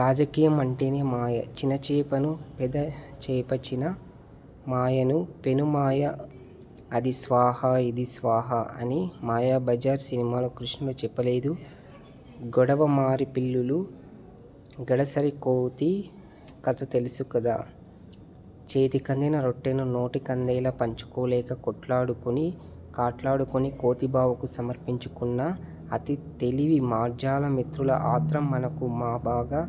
రాజకీయం అంటేనే మాయ. ''చిన చేపను పెద చేపచిన మాయను పెను మాయ అది స్వాహా ఇది స్వాహా'' అని మాయాబజార్ సినిమాలో కృష్ణుడు చెప్పలేదూ! గొడవమారి పిల్లులు.. గడసరి కోతి' కథ తెలుసు కదా! చేతికందిన రొట్టెను నోటికందేలా పంచుకోలేక కొట్లాడుకుని కాట్లాడుకుని కోతి బావకు సమర్పించుకున్న అతి తెలివి మార్జాల మిత్రుల ఆత్రం మనకు మాబాగా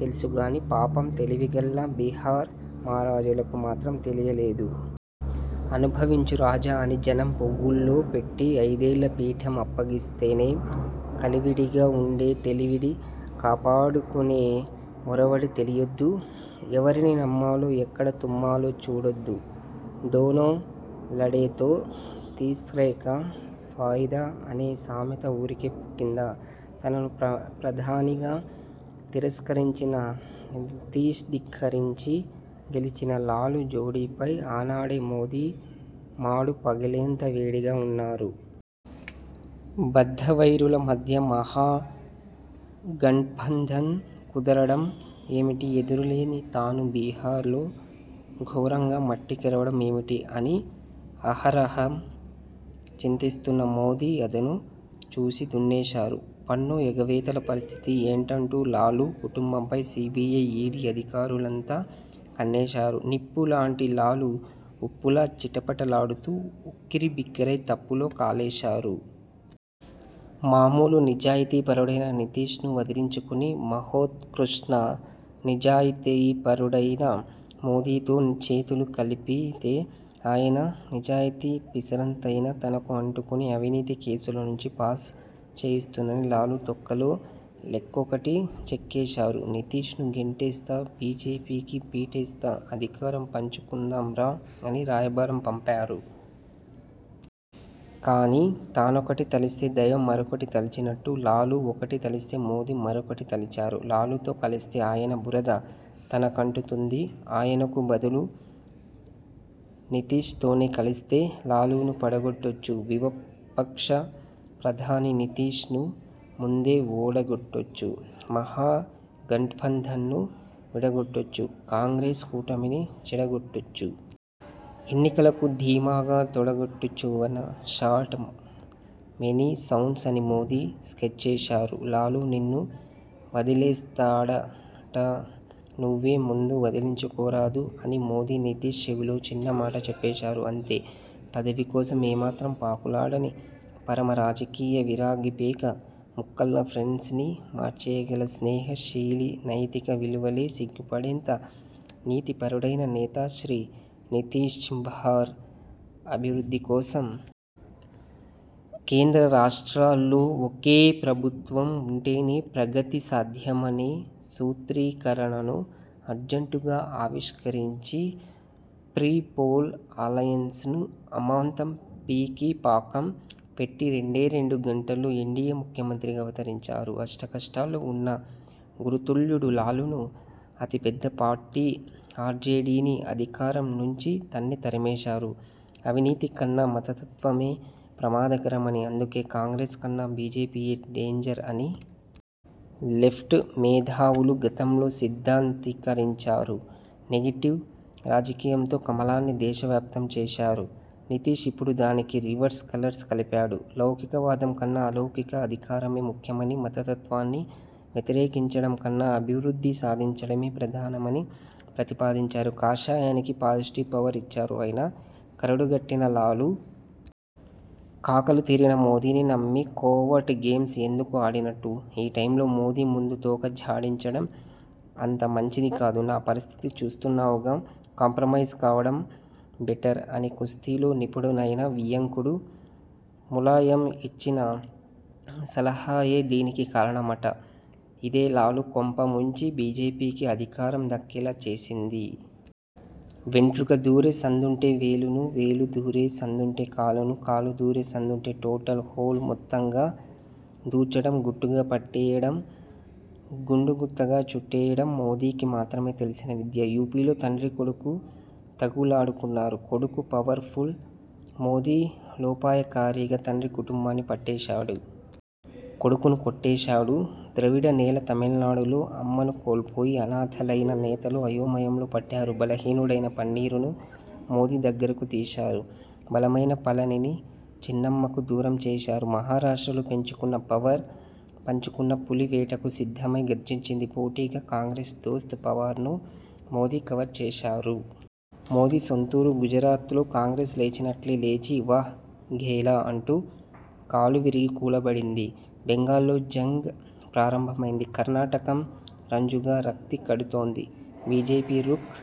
తెలుసుగానీ పాపం తెలివిగల్ల బిహార్ మారాజులకు మాత్రం తెలియలేదు! 'అనుభవించు రాజా' అని జనం పువ్వుల్లో పెట్టి ఐదేళ్ల పీఠం అప్పగిస్తేనేం?! కలివిడిగా ఉండే తెలివిడి కాపాడుకునే ఒరవడి తెలియొద్దూ! ఎవరిని నమ్మాలోఎక్కడ తుమ్మాలో చూడొద్ద్దూ! దోనో లడేతో తీస్రేకా ఫాయిదా అనే సామెత ఊరికే పుట్టిందా! తనను ప్ర 'ప్రధాని'గా తిరస్కరించిన నితీశ్ధిక్కరించి గెలిచిన లాలు జోడీపై ఆనాడే మోదీ మాడు పగిలేంత వేడిగా ఉన్నారు. బద్ధవైరుల మధ్య మహాగఠ్బంధన్ కుదరడం ఏమిటి? ఎదురులేని తాను బిహార్ లో ఘోరంగా మట్టికరవడం ఏమిటి? అని అహరహం చింతిస్తున్న మోదీఅదను చూసి దున్నేశారు. పన్ను ఎగవేతల పరిస్థితి ఏంటంటూ లాలు కుటుంబంపై సీబీఐ, ఈడీ అధికారులంతా కన్నేశారు. 'నిప్పు'లాంటి లాలు ఉప్పులా చిటపటలాడుతూ ఉక్కిరిబిక్కిరై తప్పులో కాలేశారు. మామూలు నిజాయతీపరుడైన నితీశ్ ను వదిలించుకుని, మహోత్కృష్ట నిజాయతీపరుడైన మోదీతో చేతులు కలిపితేఆయన నిజాయితీ పిసరంతైనా తనకు అంటుకుని, అవినీతి కేసుల నుంచి పాస్ చేయిస్తుందని లాలు తొక్కలో లెక్కొకటి చెక్కేశారు. 'నితీశ్ ను గెంటేస్తా.. బీజేపీకి పీటేస్తా.. అధికారం పంచుకుందాం రా' అని రాయబారం పంపారు. కానీ తానొకటి తలిస్తే దైవం మరొకటి తలిచినట్టు.. లాలు ఒకటి తలిస్తే మోదీ మరొకటి తలిచారు. లాలుతో కలిస్తే ఆయన బురద తనకంటుతుంది. ఆయనకు బదులు నితీశ్తోనే కలిస్తే?! లాలును పడగొట్టొచ్చు'విపక్ష ప్రధాని' నితీశ్ ను ముందే ఓడగొట్టొచ్చు.. మహా గఠ్బంధన్ను విడగొట్టొచ్చు.. కాంగ్రెస్ కూటమిని చెడగొట్టొచ్చు.. ఎన్నికలకు ధీమాగా తొడగొట్టొచ్చువన షాట్.. మెనీ సౌండ్స్ అని మోదీ స్కెచ్చేశారు. 'లాలు నిన్ను వదిలేస్తాడటనువ్వే ముందు వదిలించుకోరాదూ! ' అని మోదీ నితీశ్ చెవిలో చిన్న మాట చెప్పేశారు. అంతే! పదవి కోసం ఏమాత్రం పాకులాడని పరమ రాజకీయ విరాగిపేక ముక్కల్లా ఫ్రెండ్స్ ని మార్చేయగల స్నేహ శీలినైతిక విలువలే సిగ్గుపడేంత నీతిపరుడైన నేతాశ్రీ నితీశ్బిబార్ అభివృద్ధి కోసం.. కేంద్ర రాష్ట్రాల్లో ఒకే ప్రభుత్వం ఉంటేనే ప్రగతి సాధ్యమనే సూత్రీకరణను అర్జంటుగా ఆవిష్కరించి ప్రీపోల్ అలయన్స్ ను అమాంతం పీకి పాకం పెట్టిరెండేరెండు గంటల్లో ఎన్డీయే ముఖ్యమంత్రిగా అవతరించారు. అష్టకష్టాల్లో ఉన్న గురుతుల్యుడు లాలును, అతిపెద్ద పార్టీ ఆర్జేడీని అధికారం నుంచి తన్ని తరిమేశారు! అవినీతికన్నా మతతత్వమే ప్రమాదకరమని అందుకే కాంగ్రెస్ కన్నా బీజేపీయే డేంజర్ అని.. లెఫ్ట్ మేధావులు గతంలో సిద్ధాంతీకరించారు. నెగెటివ్ రాజకీయంతో కమలాన్ని దేశవ్యాప్తం చేశారు. నితీశ్ ఇప్పుడు దానికి రివర్స్ కలర్స్ కలిపాడు. లౌకికవాదం కన్నా అలౌకిక అధికారమే ముఖ్యమని మతతత్వాన్ని వ్యతిరేకించడంకన్నా అభివృద్ధి సాధించడమే ప్రధానమని ప్రతిపాదించారు. కాషాయానికి పాజిటివ్ పవర్ ఇచ్చారు. అయినా కరడుగట్టిన లాలు.. కాకలుతీరిన మోదీని నమ్మి కోవర్ట్ గేమ్స్ ఎందుకు ఆడినట్టు? ''ఈ టైంలో మోదీ ముందు తోక ఝాడించడం అంతమంచిది కాదు. నా పరిస్థితి చూస్తున్నావుగా! కాంప్రమైజ్ కావడం బెటర్'' అని కుస్తీలో నిపుణుడైన వియ్యంకుడు ములాయం ఇచ్చిన సలహాయే దీనికి కారణమట. ఇదే లాలు కొంపముంచి బీజేపీకి అధికారం దక్కేలా చేసింది. వెంట్రుక దూరే సందుంటే వేలును.. వేలు దూరే సందుంటే కాలును.. కాలు దూరే సందుంటే టోటల్ హోల్ మొత్తంగా దూర్చడం.. గుట్టుగా పట్టేయడం, గుండుగుత్తగా చుట్టేయడం మోదీకి మాత్రమే తెలిసిన విద్య! యూపీలో తండ్రీ కొడుకు తగువులాడుకున్నారు. కొడుకు 'పవర్' ఫుల్. మోదీ లోపాయకారీగా తండ్రి కుటుంబాన్ని పట్టేశాడు. కొడుకును కొట్టేశాడు. ద్రవిడ నేల తమిళనాడులో 'అమ్మ'ను కోల్పోయి, అనాథలైన నేతలు అయోమయంలో పడ్డారు. బలహీనుడైన పన్నీరును మోదీ దగ్గరకు తీశారు. బలమైన పళనిని చిన్నమ్మకు దూరం చేశారు. మహారాష్ట్రలో పెంచుకున్న, పవర్ పంచుకున్న పులి వేటకు సిద్ధమై గర్జించింది. పోటీగా.. కాంగ్రెస్ దోస్త్ పవార్ ను మోదీ కవర్ చేశారు. మోదీ సొంతూరు గుజరాత్లో కాంగ్రెస్ లేచినట్లే లేచి.. ''వా.. ఘేలా'' అంటూ కాలువిరిగి కూలబడింది. బెంగాల్లో జంగ్ ప్రారంభమైంది. కర్నాటకం రంజుగా రక్తికడుతోంది. 'బీజేపీ రుక్'